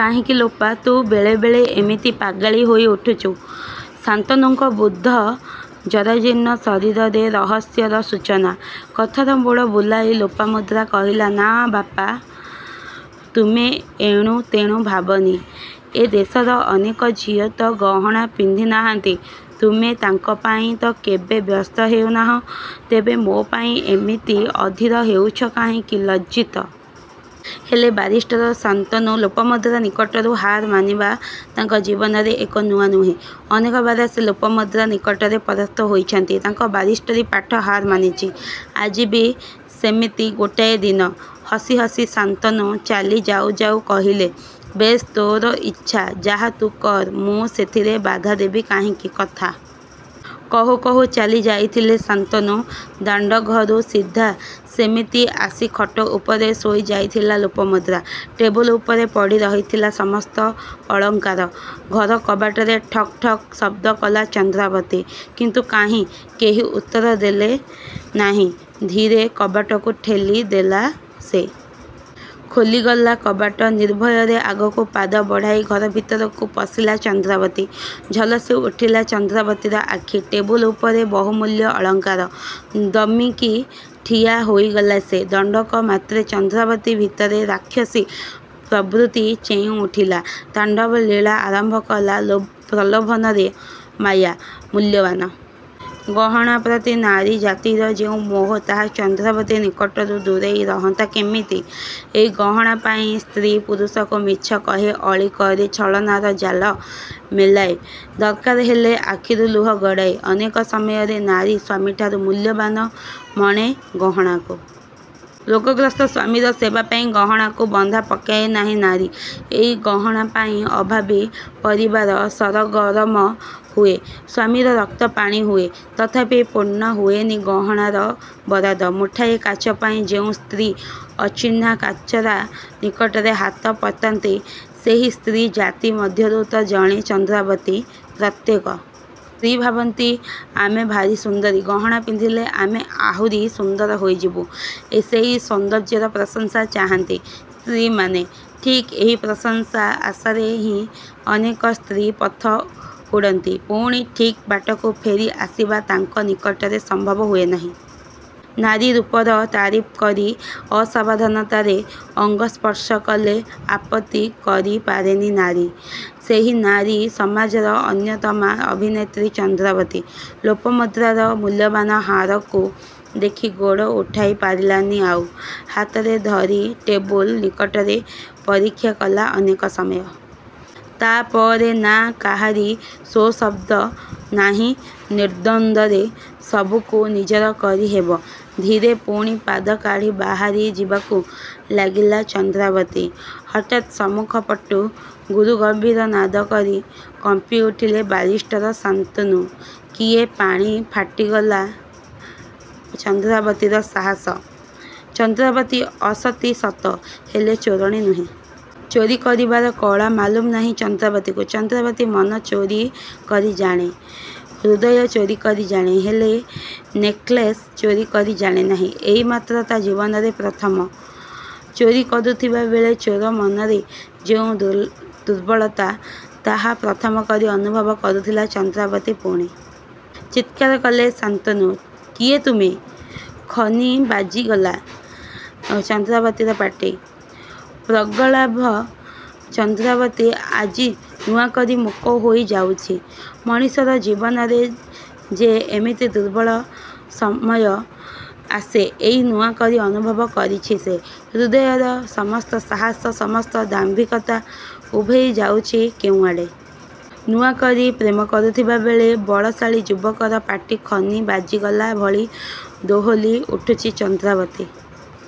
କାହିଁକି ଲୋପା ତୁ ବେଳେ ବେଳେ ଏମିତି ପାଗଳି ହୋଇ ଉଠୁଛୁ? ଶାନ୍ତନୁଙ୍କ ବୃଦ୍ଧ ଜରାଜୀର୍ଣ୍ଣ ଶରୀରରେ ରହସ୍ୟର ସୂଚନା। କଥାର ମୋଡ଼ ବୁଲାଇ ଲୋପାମୁଦ୍ରା କହିଲା ନାଁ ବାପାତୁମେ ଏଣୁ ତେଣୁ ଭାବନି। ଏ ଦେଶର ଅନେକ ଝିଅ ତ ଗହଣା ପିନ୍ଧି ନାହାନ୍ତି ତୁମେ ତାଙ୍କ ପାଇଁ ତ କେବେ ବ୍ୟସ୍ତ ହେଉନାହଁ ତେବେ ମୋ ପାଇଁ ଏମିତି ଅଧୀର ହେଉଛ କାହିଁକି? ଲଜ୍ଜିତ ହେଲେ ବାରିଷ୍ଟର ଶାନ୍ତନୁ। ଲୋପାମୁଦ୍ରା ନିକଟରୁ ହାର ମାନିବା ତାଙ୍କ ଜୀବନରେ ଏ ନୂଆ ନୁହେଁ। ଅନେକବାର ସେ ଲୋପାମୁଦ୍ରା ନିକଟରେ ପରାସ୍ତ ହୋଇଛନ୍ତି ତାଙ୍କ ବାରିଷ୍ଟରୀ ପାଠ ହାର ମାନିଛି। ଆଜି ବି ସେମିତି ଗୋଟିଏ ଦିନ। ହସି ହସି ଶାନ୍ତନୁ ଚାଲି ଯାଉ ଯାଉ କହିଲେ ବେଶ୍ ତୋର ଇଚ୍ଛା ଯାହା ତୁ କର ମୁଁ ସେଥିରେ ବାଧା ଦେବି କାହିଁକି? କଥା କହୁ କହୁ ଚାଲି ଯାଇଥିଲେ ଶାନ୍ତନୁ। ଦାଣ୍ଡଘରୁ ସିଧା ସେମିତି ଆସି ଖଟ ଉପରେ ଶୋଇ ଯାଇଥିଲା ଲୋପାମୁଦ୍ରା। ଟେବୁଲ ଉପରେ ପଡ଼ି ରହିଥିଲା ସମସ୍ତ ଅଳଙ୍କାର। ଘର କବାଟରେ ଠକ୍ ଠକ୍ ଶବ୍ଦ କଲା ଚନ୍ଦ୍ରାବତୀ। କିନ୍ତୁ କାହିଁ କେହି ଉତ୍ତର ଦେଲେ ନାହିଁ। ଧୀରେ କବାଟକୁ ଠେଲିଦେଲା ସେ। ଖୋଲିଗଲା କବାଟ। ନିର୍ଭୟରେ ଆଗକୁ ପାଦ ବଢ଼ାଇ ଘର ଭିତରକୁ ପଶିଲା ଚନ୍ଦ୍ରାବତୀ। ଝଲସି ଉଠିଲା ଚନ୍ଦ୍ରାବତୀର ଆଖି ଟେବୁଲ ଉପରେ ବହୁମୂଲ୍ୟ ଅଳଙ୍କାର ଦମକି ଠିଆ ହୋଇଗଲା ସେ। ଦଣ୍ଡକ ମାତ୍ରେ ଚନ୍ଦ୍ରାବତୀ ଭିତରେ ରାକ୍ଷସୀ ପ୍ରବୃତ୍ତି ଚେଇଁ ଉଠିଲା। ତାଣ୍ଡବଲୀଳା ଆରମ୍ଭ କଲା ପ୍ରଲୋଭନର ମାୟା। ମୂଲ୍ୟବାନ ଗହଣା ପ୍ରତି ନାରୀ ଜାତିର ଯେଉଁ ମୋହ ତାହା ଚନ୍ଦ୍ରାବତୀ ନିକଟରୁ ଦୂରେଇ ରହନ୍ତା କେମିତି? ଏଇ ଗହଣା ପାଇଁ ସ୍ତ୍ରୀ ପୁରୁଷକୁ ମିଛ କହେ ଅଳି କରେ ଛଳନାର ଜାଲ ମେଲାଏ ଦରକାର ହେଲେ ଆଖିରୁ ଲୁହ ଗଡ଼ାଏ। ଅନେକ ସମୟରେ ନାରୀ ସ୍ୱାମୀଠାରୁ ମୂଲ୍ୟବାନ ମଣେ ଗହଣାକୁ। ରୋଗଗ୍ରସ୍ତ ସ୍ୱାମୀର ସେବା ପାଇଁ ଗହଣାକୁ ବନ୍ଧା ପକାଏ ନାହିଁ ନାରୀ। ଏଇ ଗହଣା ପାଇଁ ଅଭାବୀ ପରିବାର ସରଗରମ ହୁଏ। ସ୍ୱାମୀର ରକ୍ତ ପାଣି ହୁଏ ତଥାପି ପୂର୍ଣ୍ଣ ହୁଏନି ଗହଣାର ବରାଦ। ମୁଠାଏ କାଚ ପାଇଁ ଯେଉଁ ସ୍ତ୍ରୀ ଅଚିହ୍ନା କାଚରା ନିକଟରେ ହାତ ପାତାନ୍ତି ସେହି ସ୍ତ୍ରୀ ଜାତି ମଧ୍ୟରୁ ତ ଜଣେ ଚନ୍ଦ୍ରାବତୀ। ପ୍ରତ୍ୟେକ ସ୍ତ୍ରୀ ଭାବନ୍ତି ଆମେ ଭାରି ସୁନ୍ଦରୀ ଗହଣା ପିନ୍ଧିଲେ ଆମେ ଆହୁରି ସୁନ୍ଦର ହୋଇଯିବୁ। ସେଇ ସୌନ୍ଦର୍ଯ୍ୟର ପ୍ରଶଂସା ଚାହାନ୍ତି ସ୍ତ୍ରୀମାନେ। ଠିକ୍ ଏହି ପ୍ରଶଂସା ଆଶାରେ ହିଁ ଅନେକ ସ୍ତ୍ରୀ ପଥ ହୁଡ଼ନ୍ତି। ପୁଣି ଠିକ୍ ବାଟକୁ ଫେରି ଆସିବା ତାଙ୍କ ନିକଟରେ ସମ୍ଭବ ହୁଏନାହିଁ। ନାରୀ ରୂପର ତାରିଫ୍ କରି ଅସାବଧାନତାରେ ଅଙ୍ଗ ସ୍ପର୍ଶ କଲେ ଆପତ୍ତି କରି ପାରେନି ନାରୀ। ସେହି ନାରୀ ସମାଜର ଅନ୍ୟତମା ଅଭିନେତ୍ରୀ ଚନ୍ଦ୍ରାବତୀ। ଲୋପାମୁଦ୍ରାର ମୂଲ୍ୟବାନ୍ ହାରକୁ ଦେଖି ଗୋଡ଼ ଉଠାଇ ପାରିଲାନି ଆଉ। ହାତରେ ଧରି ଟେବୁଲ୍ ନିକଟରେ ପରୀକ୍ଷା କଲା ଅନେକ ସମୟ। ତାପରେ ନା କାହାରି ସୋ ଶବ୍ଦ ନାହିଁ ନିର୍ଦ୍ଦନ୍ଦ୍ୱରେ ସବୁକୁ ନିଜର କରି ହେବ। ଧୀରେ ପୁଣି ପାଦ କାଢ଼ି ବାହାରି ଯିବାକୁ ଲାଗିଲା ଚନ୍ଦ୍ରାବତୀ। ହଠାତ୍ ସମ୍ମୁଖପଟୁ ଗୁରୁଗମ୍ଭୀର ନାଦ କରି କମ୍ପିଉଠିଲେ ବାରିଷ୍ଟର ଶାନ୍ତନୁ କିଏ? ପାଣି ଫାଟିଗଲା ଚନ୍ଦ୍ରାବତୀର ସାହସ। ଚନ୍ଦ୍ରାବତୀ ଅସତୀ ସତ ହେଲେ ଚୋରଣୀ ନୁହେଁ। ଚୋରି କରିବାର କଳା ମାଲୁମ ନାହିଁ ଚନ୍ଦ୍ରାବତୀକୁ। ଚନ୍ଦ୍ରାବତୀ ମନ ଚୋରି କରି ଜାଣେ ହୃଦୟ ଚୋରି କରି ଜାଣେ ହେଲେ ନେକ୍ଲେସ୍ ଚୋରି କରି ଜାଣେ ନାହିଁ। ଏଇ ମାତ୍ର ତା ଜୀବନରେ ପ୍ରଥମ। ଚୋରି କରୁଥିବା ବେଳେ ଚୋର ମନରେ ଯେଉଁ ଦୁର୍ବଳତା ତାହା ପ୍ରଥମ କରି ଅନୁଭବ କରୁଥିଲା ଚନ୍ଦ୍ରାବତୀ। ପୁଣି ଚିତ୍କାର କଲେ ଶାନ୍ତନୁ କିଏ ତୁମେ? ଖନି ବାଜିଗଲା ଚନ୍ଦ୍ରାବତୀର ପାଟି। ପ୍ରଗଳ୍ଭା ଚନ୍ଦ୍ରାବତୀ ଆଜି ନୂଆକରି ମୂକ ହୋଇଯାଉଛି। ମଣିଷର ଜୀବନରେ ଯେ ଏମିତି ଦୁର୍ବଳ ସମୟ ଆସେ ଏଇ ନୂଆକରି ଅନୁଭବ କରୁଛି ସେ। ହୃଦୟର ସମସ୍ତ ସାହସ ସମସ୍ତ ଦାମ୍ଭିକତା ଉଭେଇ ଯାଉଛି କେଉଁଆଡ଼େ। ନୂଆ କରି ପ୍ରେମ କରୁଥିବା ବେଳେ ବଳଶାଳୀ ଯୁବକର ପାଟି ଖନି ବାଜିଗଲା ଭଳି ଦୋହଲି ଉଠୁଛି ଚନ୍ଦ୍ରାବତୀ।